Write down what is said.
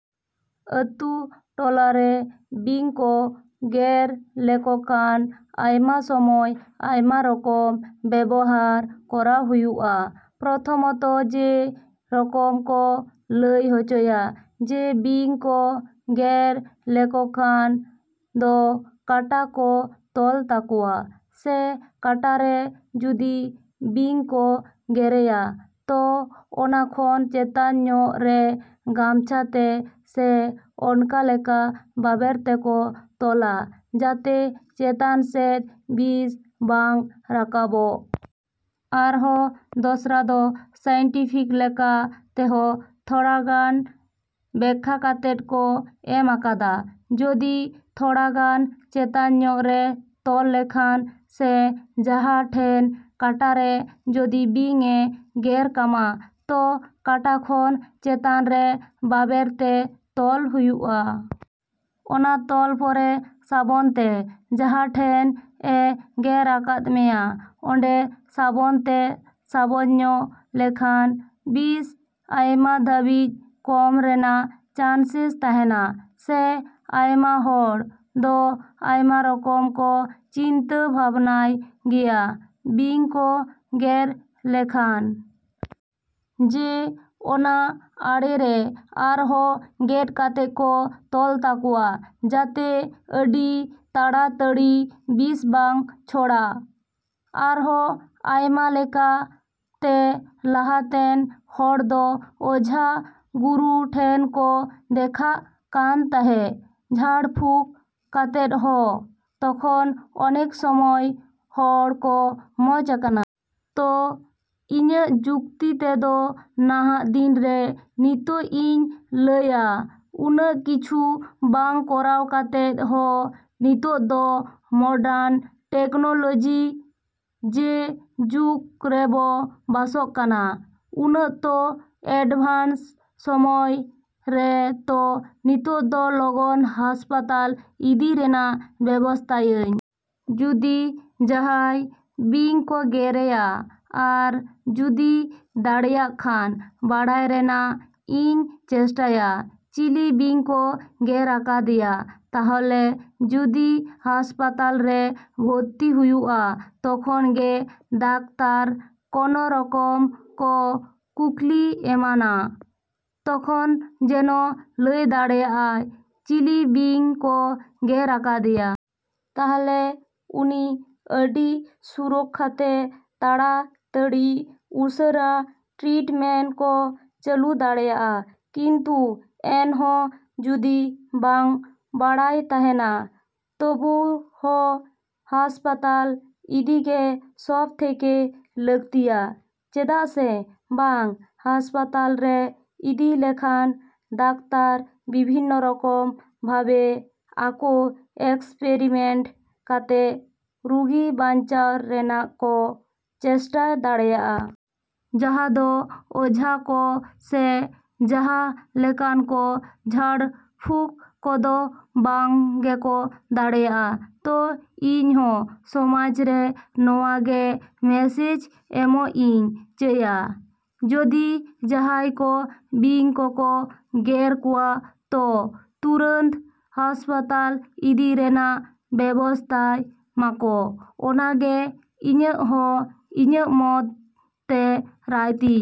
‎ᱟᱹᱛᱩ ᱴᱚᱞᱟ ᱨᱮ ᱵᱤᱧ ᱠᱚ ᱜᱮᱨ ᱞᱮᱠᱚ ᱠᱷᱟᱱ ᱟᱭᱢᱟ ᱥᱚᱢᱚᱭ ᱟᱭᱢᱟ ᱨᱚᱠᱚᱢ ᱵᱮᱵᱚᱦᱟᱨ ᱠᱚᱨᱟᱣ ᱦᱩᱭᱩᱜᱼᱟ᱾ ᱯᱨᱚᱛᱷᱚᱢᱚᱛᱚ ᱡᱮ ᱨᱚᱠᱚᱢ ᱠᱚ ᱞᱟᱹᱭ ᱦᱚᱪᱚᱭᱟ ᱡᱮ ᱵᱤᱧ ᱠᱚ ᱜᱮᱨ ᱞᱮᱠᱚ ᱠᱷᱟᱱ ᱫᱚ ᱠᱟᱴᱟ ᱠᱚ ᱛᱚᱞ ᱛᱟᱠᱚᱣᱟ ᱥᱮ ᱠᱟᱴᱟ ᱨᱮ ᱡᱩᱫᱤ ᱵᱤᱧ ᱠᱚ ᱜᱮᱨᱮᱭᱟ ᱛᱚ ᱚᱱᱟ ᱠᱷᱚᱱ ᱪᱮᱛᱟᱱ ᱧᱚᱜ ᱨᱮ ᱜᱟᱢᱪᱷᱟ ᱛᱮ ᱥᱮ ᱚᱱᱠᱟ ᱞᱮᱠᱟ ᱵᱟᱵᱮᱨ ᱛᱮᱠᱚ ᱛᱚᱞᱟ ᱡᱟᱛᱮ ᱪᱮᱛᱟᱱ ᱥᱮᱫ ᱵᱤᱥ ᱵᱟᱝ ᱨᱟᱠᱟᱵᱚᱜ᱾ ᱟᱨᱦᱚᱸ ᱫᱚᱥᱨᱟ ᱫᱚ ᱥᱟᱭᱮᱱᱴᱤᱯᱷᱤᱠ ᱞᱮᱠᱟ ᱛᱮᱦᱚᱸ ᱛᱷᱚᱲᱟ ᱜᱟᱱ ᱵᱮᱠᱠᱷᱟ ᱠᱟᱛᱮᱫ ᱠᱚ ᱮᱢ ᱟᱠᱟᱫᱟ᱾ ᱡᱩᱫᱤ ᱛᱷᱚᱲᱟ ᱜᱟᱱ ᱪᱮᱛᱟᱱ ᱧᱚᱜ ᱨᱮ ᱛᱚᱞ ᱞᱮᱠᱷᱟᱱ ᱥᱮ ᱡᱟᱦᱟᱸ ᱴᱷᱮᱱ ᱠᱟᱴᱟ ᱨᱮ ᱡᱩᱫᱤ ᱵᱤᱧ ᱮ ᱜᱮᱨ ᱠᱟᱢᱟ ᱛᱚ ᱠᱟᱴᱟ ᱠᱷᱚᱱ ᱪᱮᱛᱟᱱ ᱨᱮ ᱵᱟᱵᱮᱨ ᱛᱮ ᱛᱚᱞ ᱦᱩᱭᱩᱜᱼᱟ᱾ ᱚᱱᱟ ᱛᱚᱞ ᱯᱚᱨᱮ ᱥᱟᱵᱚᱱ ᱛᱮ ᱡᱟᱦᱟᱸ ᱴᱷᱮᱱ ᱮ ᱜᱮᱨ ᱟᱠᱟᱫ ᱢᱮᱭᱟ ᱚᱸᱰᱮ ᱥᱟᱵᱚᱱ ᱛᱮ ᱥᱟᱵᱚᱱ ᱧᱚᱜ ᱞᱮᱠᱷᱟᱱ ᱵᱤᱥ ᱟᱭᱢᱟ ᱫᱷᱟᱵᱤᱡ ᱠᱚᱢ ᱨᱮᱱᱟᱜ ᱪᱟᱱᱥᱮᱥ ᱛᱟᱦᱮᱸᱱᱟ᱾ ᱥᱮ ᱟᱭᱢᱟ ᱦᱚᱲ ᱫᱚ ᱟᱭᱢᱟ ᱨᱚᱠᱚᱢ ᱠᱚ ᱪᱤᱱᱛᱟᱹ ᱵᱷᱟᱵᱽᱱᱟᱭ ᱜᱮᱭᱟ ᱵᱤᱧ ᱠᱚ ᱜᱮᱨ ᱞᱮᱠᱷᱟᱱ᱾ ᱡᱮ ᱚᱱᱟ ᱟᱲᱮ ᱨᱮ ᱟᱨᱦᱚᱸ ᱜᱮᱫ ᱠᱟᱛᱮᱫ ᱠᱚ ᱛᱚᱞ ᱛᱟᱠᱚᱣᱟ ᱡᱟᱛᱮ ᱟᱹᱰᱤ ᱛᱟᱲᱟᱛᱟᱹᱲᱤ ᱵᱤᱥ ᱵᱟᱝ ᱪᱷᱚᱲᱟᱜ᱾ ᱟᱨᱦᱚᱸ ᱟᱭᱢᱟ ᱞᱮᱠᱟ ᱛᱮ ᱞᱟᱦᱟ ᱛᱮᱱ ᱦᱚᱲ ᱫᱚ ᱚᱡᱷᱟ ᱜᱩᱨᱩ ᱴᱷᱮᱱ ᱠᱚ ᱫᱮᱠᱷᱟᱜ ᱠᱟᱱ ᱛᱟᱦᱮᱸ ᱡᱷᱟᱲ ᱯᱷᱩᱠ ᱠᱟᱛᱮᱫ ᱦᱚᱸ, ᱛᱚᱠᱷᱚᱱ ᱚᱱᱮᱠ ᱥᱚᱢᱚᱭ ᱦᱚᱲ ᱠᱚ ᱢᱚᱡᱽ ᱟᱠᱟᱱᱟ᱾ ᱛᱚ ᱤᱧᱟᱹᱜ ᱡᱩᱠᱛᱤ ᱛᱮᱫᱚ ᱱᱟᱦᱟᱜ ᱫᱤᱱ ᱨᱮ ᱱᱤᱛᱚᱜ ᱤᱧ ᱞᱟᱹᱭᱟ ᱩᱱᱟᱹᱜ ᱠᱤᱪᱷᱩ ᱵᱟᱝ ᱠᱚᱨᱟᱣ ᱠᱟᱛᱮᱫ ᱦᱚᱸ ᱱᱤᱛᱚᱜ ᱫᱚ ᱢᱚᱰᱟᱨᱱ ᱴᱮᱠᱱᱚᱞᱚᱡᱤ ᱡᱮ ᱡᱩᱜᱽ ᱨᱮᱵᱚ ᱵᱟᱥᱚᱜ ᱠᱟᱱᱟ᱾ ᱩᱱᱟᱹᱜ ᱛᱚ ᱮᱰᱵᱷᱟᱱᱥ ᱥᱚᱢᱚᱭ ᱨᱮ ᱛᱚ ᱱᱤᱛᱚᱜ ᱫᱚ ᱞᱚᱜᱚᱱ ᱦᱟᱸᱥᱯᱟᱛᱟᱞ ᱤᱫᱤ ᱨᱮᱱᱟᱜ ᱵᱮᱵᱚᱥᱛᱟᱭᱟᱹᱧ᱾ ᱡᱩᱫᱤ ᱡᱟᱦᱟᱸᱭ ᱵᱤᱧ ᱠᱚ ᱜᱮᱨᱮᱭᱟ ᱟᱨ ᱡᱩᱫᱤ ᱫᱟᱲᱮᱭᱟᱜ ᱠᱷᱟᱱ, ᱵᱟᱲᱟᱭ ᱨᱮᱱᱟᱜ ᱤᱧ ᱪᱮᱥᱴᱟᱭᱟ ᱪᱤᱞᱤ ᱵᱤᱧ ᱠᱚ ᱜᱮᱨ ᱟᱠᱟᱫᱮᱭᱟ ᱛᱟᱦᱚᱞᱮ ᱡᱩᱫᱤ ᱦᱟᱸᱥᱯᱟᱛᱟᱞ ᱨᱮ ᱵᱷᱚᱨᱛᱤ ᱦᱩᱭᱩᱜᱼᱟ ᱛᱚᱠᱷᱚᱱ ᱜᱮ ᱰᱟᱠᱛᱟᱨ ᱠᱚᱱᱚ ᱨᱚᱠᱚᱢ ᱠᱚ ᱠᱩᱠᱞᱤ ᱮᱢᱟᱱᱟ᱾ ᱛᱚᱠᱷᱚᱱ ᱡᱮᱱᱚ ᱞᱟᱹᱭ ᱫᱟᱲᱮᱭᱟᱜᱼᱟ, ᱪᱤᱞᱤ ᱵᱤᱧ ᱠᱚ ᱜᱮᱨ ᱟᱠᱟᱫᱮᱭᱟ᱾ ᱛᱟᱦᱞᱮ ᱩᱱᱤ ᱟᱹᱰᱤ ᱥᱩᱨᱚᱠᱠᱷᱟ ᱛᱮ ᱛᱟᱲᱟ ᱛᱟᱹᱲᱤ ᱩᱥᱟᱹᱨᱟ ᱴᱨᱤᱴᱢᱮᱱᱴ ᱠᱚ ᱪᱟᱞᱩ ᱫᱟᱲᱮᱭᱟᱜᱼᱟ᱾ ᱠᱤᱱᱛᱩ ᱮᱱ ᱦᱚᱸ ᱡᱩᱫᱤ ᱵᱟᱝ ᱵᱟᱲᱟᱭ ᱛᱟᱦᱮᱸᱱᱟ ᱛᱚᱵᱩ ᱦᱚᱸ ᱦᱟᱸᱥᱯᱟᱛᱟᱞ ᱤᱫᱤ ᱜᱮ ᱥᱚᱵᱽ ᱛᱷᱮᱠᱮ ᱞᱟ.ᱠᱛᱤᱭᱟ᱾ ᱪᱮᱫᱟᱜ ᱥᱮ ᱵᱟᱝ ᱦᱟᱸᱥᱯᱟᱛᱟᱞ ᱨᱮ ᱤᱫᱤ ᱞᱮᱠᱷᱟᱱ ᱰᱟᱠᱛᱟᱨ ᱵᱤᱵᱷᱤᱱᱱᱚ ᱨᱚᱠᱚᱢ ᱵᱷᱟᱵᱮ ᱟᱠᱚ ᱮᱠᱥᱯᱮᱨᱤᱢᱮᱱᱴ ᱠᱟᱛᱮᱫ ᱨᱩᱜᱤ ᱵᱟᱧᱪᱟᱣ ᱨᱮᱱᱟᱜ ᱠᱚ ᱪᱮᱥᱴᱟ ᱫᱟᱲᱮᱭᱟᱜᱼᱟ᱾ ᱡᱟᱦᱟᱸ ᱫᱚ ᱚᱡᱷᱟ ᱠᱚ ᱥᱮ ᱡᱟᱦᱟᱸ ᱞᱮᱠᱟᱱ ᱠᱚ ᱡᱷᱟᱲ ᱯᱷᱩᱠ ᱠᱚᱫᱚ ᱵᱟᱝ ᱜᱮᱠᱚ ᱫᱟᱲᱮᱭᱟᱜᱼᱟ᱾ ᱛᱚ ᱤᱧ ᱦᱚᱸ ᱥᱚᱢᱟᱡᱽ ᱨᱮ ᱱᱚᱣᱟ ᱜᱮ ᱢᱮᱥᱮᱡᱽ ᱮᱢᱚᱜ ᱤᱧ ᱪᱟᱹᱭᱟ᱾ ᱡᱩᱫᱤ ᱡᱟᱦᱟᱸᱭ ᱠᱚ ᱵᱤᱧ ᱠᱚᱠᱚ ᱜᱮᱨ ᱠᱚᱣᱟ ᱛᱚ ᱛᱩᱨᱟᱹᱱᱛ ᱦᱟᱸᱥᱯᱟᱛᱟᱞ ᱤᱫᱤ ᱨᱮᱱᱟᱜ ᱵᱮᱵᱚᱥᱛᱟᱭ ᱢᱟᱠᱚ ᱚᱱᱟ ᱜᱮ ᱤᱧᱟᱹᱜ ᱦᱚᱸ ᱤᱧᱟᱹᱜ ᱢᱚᱛ ᱛᱮ ᱨᱟᱭ ᱛᱤᱧ।